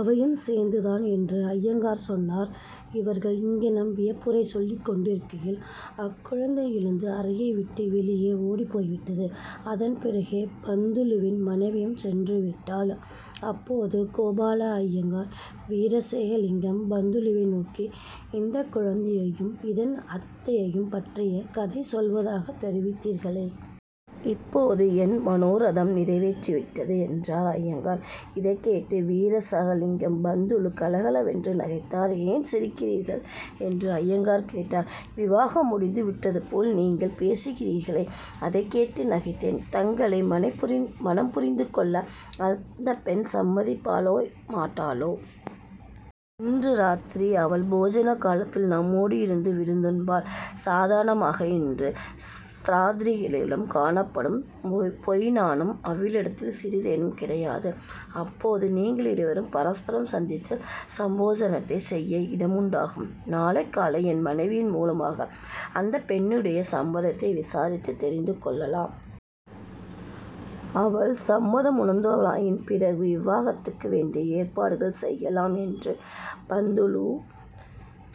''அவையும் சேர்ந்துதான்'' என்று அய்யங்கார் சொன்னார். இவர்கள் இங்ஙனம் வியப்புரை சொல்லிக் கொண்டிருக்கையில் அக்குழந்தை எழுந்து அறையை விட்டு வெளியே ஓடிப் போய்விட்டது. அதன் பிறகே பந்துலுவின் மனைவியும் சென்றுவிட்டாள். அப்போது கோபாலய்யங்கார் வீரேசலிங்கம் பந்துலுவை நோக்கி, ''இந்தக் குழந்தையையும் இதன் அத்தையையும் பற்றிய கதை சொல்வதாகத் தெரிவித்தீர்களே? இப்போது என் மனோரதம் நிறைவேறிவிட்டது'' என்றார் அய்யங்கார். இதைக் கேட்டு வீரேசலிங்கம் பந்துலு கலகலவென்று நகைத்தார். ''ஏன் சிரிக்கிறீர்கள்? '' என்று அய்யங்கார் கேட்டார். ''விவாகம் முடிந்து விட்டதுபோல் நீங்கள் பேசுகிறீர்களே! அதைக் கேட்டு நகைத்தேன். தங்களை மணம் புரிந்து கொள்ள அந்தப் பெண் சம்மதிப்பாளோ மாட்டாளோ? இன்று ராத்திரி அவள் போஜன காலத்தில் நம்மோடிருந்து விருந்துண்பாள். சாதாரணமாக, இந்து ஸ்திரீகளிடம் காணப்படும் பொய்ந்நாணம் அவளிடத்தில் சிறிதேனும் கிடையாது. அப்போது நீங்களிருவரும் பரஸ்பரம் சந்தித்து சம்பாஷணை செய்ய இடமுண்டாகும். நாளைக் காலையில் என் மனைவியின் மூலமாக அந்தப் பெண்ணுடைய சம்மதத்தை விசாரித்துத் தெரிந்து கொள்ளலாம். அவள் சம்மதமுணர்த்துவாளாயின், பிறகு விவாகத்துக்கு வேண்டிய ஏற்பாடுகள் செய்யலாம்'' என்று பந்துலு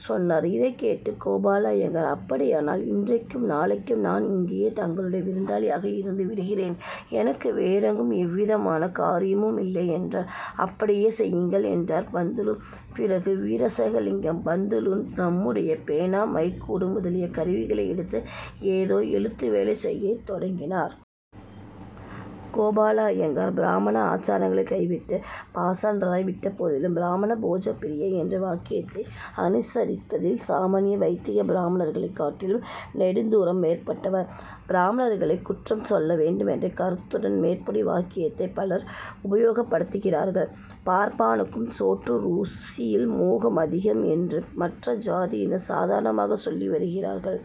சொன்னார். இதைக் கேட்டு கோபாலய்யங்கார் ''அப்படியானால் இன்றைக்கும் நாளைக்கும் நான் இங்கேயே தங்களுடைய விருந்தாளியாக இருந்து விடுகிறேன். எனக்கு வேறெங்கும் எவ்விதமான காரியமுமில்லை'' என்றார். ''அப்படியே செய்யுங்கள்'' என்றார் பந்துலு. பிறகு வீரேசலிங்கம் பந்துலு தம்முடைய பேனா மைக்கூடு முதலிய கருவிகளை எடுத்து ஏதோ எழுத்து வேலை செய்யத் தொடங்கினார். கோபாலய்யங்கார் பிராமண ஆசாரங்களைக் கைவிட்டுப் பாஷண்டராய் விட்டபோதிலும், ''பிராமணா: போஜனப்ரியா: '' என்ற வாக்கியத்தை அனுசரிப்பதில் சாமான்ய வைதிக பிராமணர்களைக் காட்டிலும் நெடுந்தூரம் மேற்பட்டவர். பிராமணர்களை குற்றஞ் சொல்ல வேண்டுமென்ற கருத்துடன் மேற்படி வாக்கியத்தைப் பலர் உபயோகப்படுத்துகிறார்கள். 'பார்ப்பானுக்குச் சோற்று ருசியில் மோகம் அதிகம்' என்று மற்ற ஜாதியார் சாதாரணமாகச் சொல்லி வருகிறார்கள்.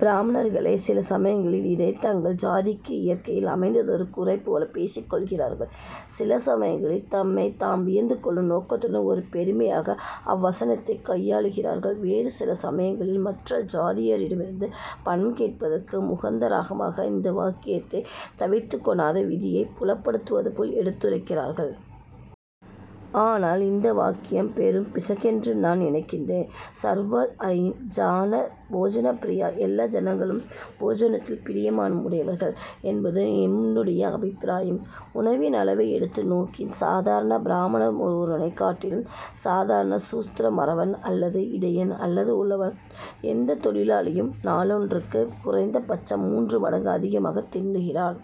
பிராமணர்களே சில சமயங்களில் இதைத் தங்கள் ஜாதிக்கு இயற்கையில் அமைந்ததொரு குறை போல பேசிக்கொள்ளுகிறார்கள். சில சமயங்களில் தம்மைத் தாம் வியந்து கொள்ளும் நோக்கத்துடன் ஒரு பெருமையாக அவ்வசனத்தைக் கையாடுகிறார்கள். வேறு சில சமயங்களில் மற்ற ஜாதியாரிடமிருந்து பணங் கேட்பதற்கு முகாந்தரமாக இந்த வாக்கியத்தைத் தவிர்க்கொணாத விதியைப் புலப்படுத்துவது போல் எடுத்துரைக்கிறார்கள். ஆனால் இந்த வாக்கியம் வெறும் பிசகென்று நான் நினைக்கிறேன். ''ஸர்வோ ஜநா: போஜனப்பிரியா:'' எல்லா ஜனங்களும் போஜனத்தில் பிரியமுடையவர்கள் என்பது என்னுடைய அபிப்பிராயம். உணவின் அளவை எடுத்து நோக்கின் சாதாரண பிராமணனொருவனைக் காட்டிலும் சாதாரண சூத்திரன் மறவன், அல்லது இடையன், அல்லது உழவன், எந்தத் தொழிலாளியும்-நாளன்றுக்குக் குறைந்த பட்சம் மூன்று மடங்கு அதிகமாகத் தின்னுகிறான்.